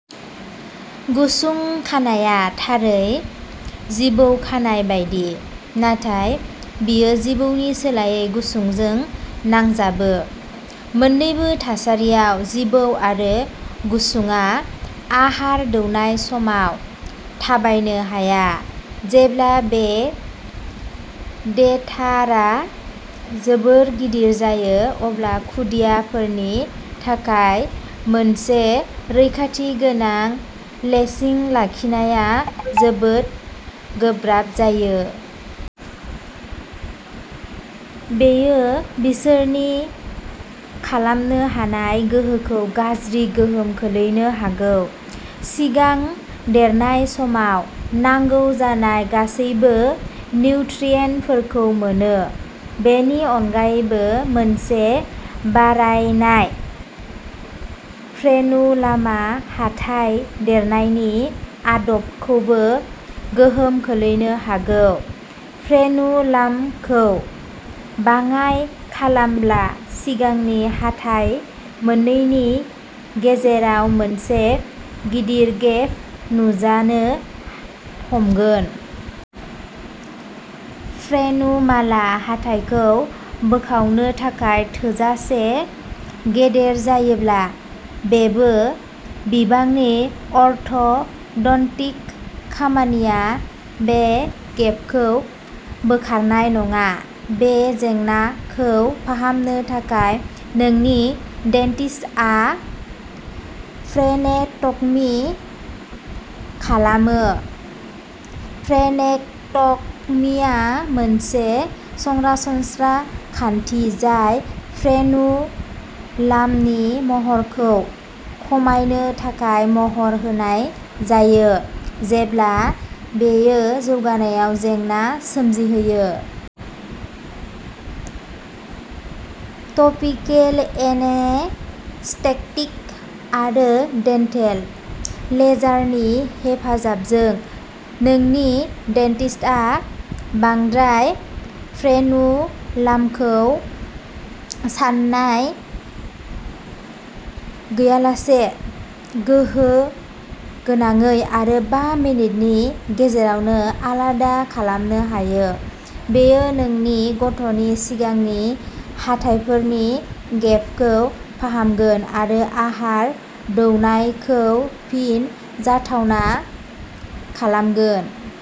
गुसुं खानायआ थारै जिबौ खानाय बायदि, नाथाय बेयो जिबौनि सोलायै गुसुंजों नांजाबो। मोन्नैबो थासारियाव, जिबौ आरो गुसुंआ आहार दौनाय समाव थाबायनो हाया। जेब्ला बे टेथारा जोबोद गिदिर जायो, अब्ला खुदियाफोरनि थाखाय मोनसे रैखाथि गोनां लेचिं लाखिनाया जोबोद गोब्राब जायो। बेयो बिसोरनि खालामनो हानाय गोहोखौ गाज्रि गोहोम खोख्लैनो हागौ। सिगां देरनाय समाव नांगौ जानाय गासैबो निउट्रियेन्टफोरखौ मोनो। बेनि अनगायैबो, मोनसे बारायनाय फ्रेनुलामा हाथाइ देरनायनि आदबखौबो गोहोम खोख्लैनो हागौ। फ्रेनुलामखौ बाङाइ खालामाब्ला सिगांनि हाथाइ मोननैनि गेजेराव मोनसे गिदिर गेप नुजानो हमगोन। फ्रेनुलामा हाथाइखौ बोखावनो थाखाय थोजासे गेदेर जायोब्ला जेबो बिबांनि अर्थ'डन्टिक खामानिया बे गेपखौ बोखारनाय नङा। बे जेंनाखौ फाहामनो थाखाय, नोंनि डेन्टिस्टआ फ्रेनेक्ट'मी खालामो। फ्रेनेक्ट'मीआ मोनसे सरासनस्रा खान्थि, जाय फ्रेनुलामनि महरखौ खमायनो थाखाय महर होनाय जायो, जेब्ला बेयो जौगानायाव जेंना सोमजिहोयो। टपिकेल एनेस्थेटिक आरो डेन्टेल लेजारनि हेफाजाबजों, नोंनि डेन्टिस्टआ बांद्राय फ्रेनुलामखौ सानाय गैयालासे, गोहोम गोनाङै आरो बा मिनिटनि गेजेरावनो आलादा खालामनो हायो। बेयो नोंनि गथ'नि सिगांनि हाथाइफोरनि गेपखौ फाहामगोन आरो आहार दौनायखौ फिन जाथावना खालामगोन।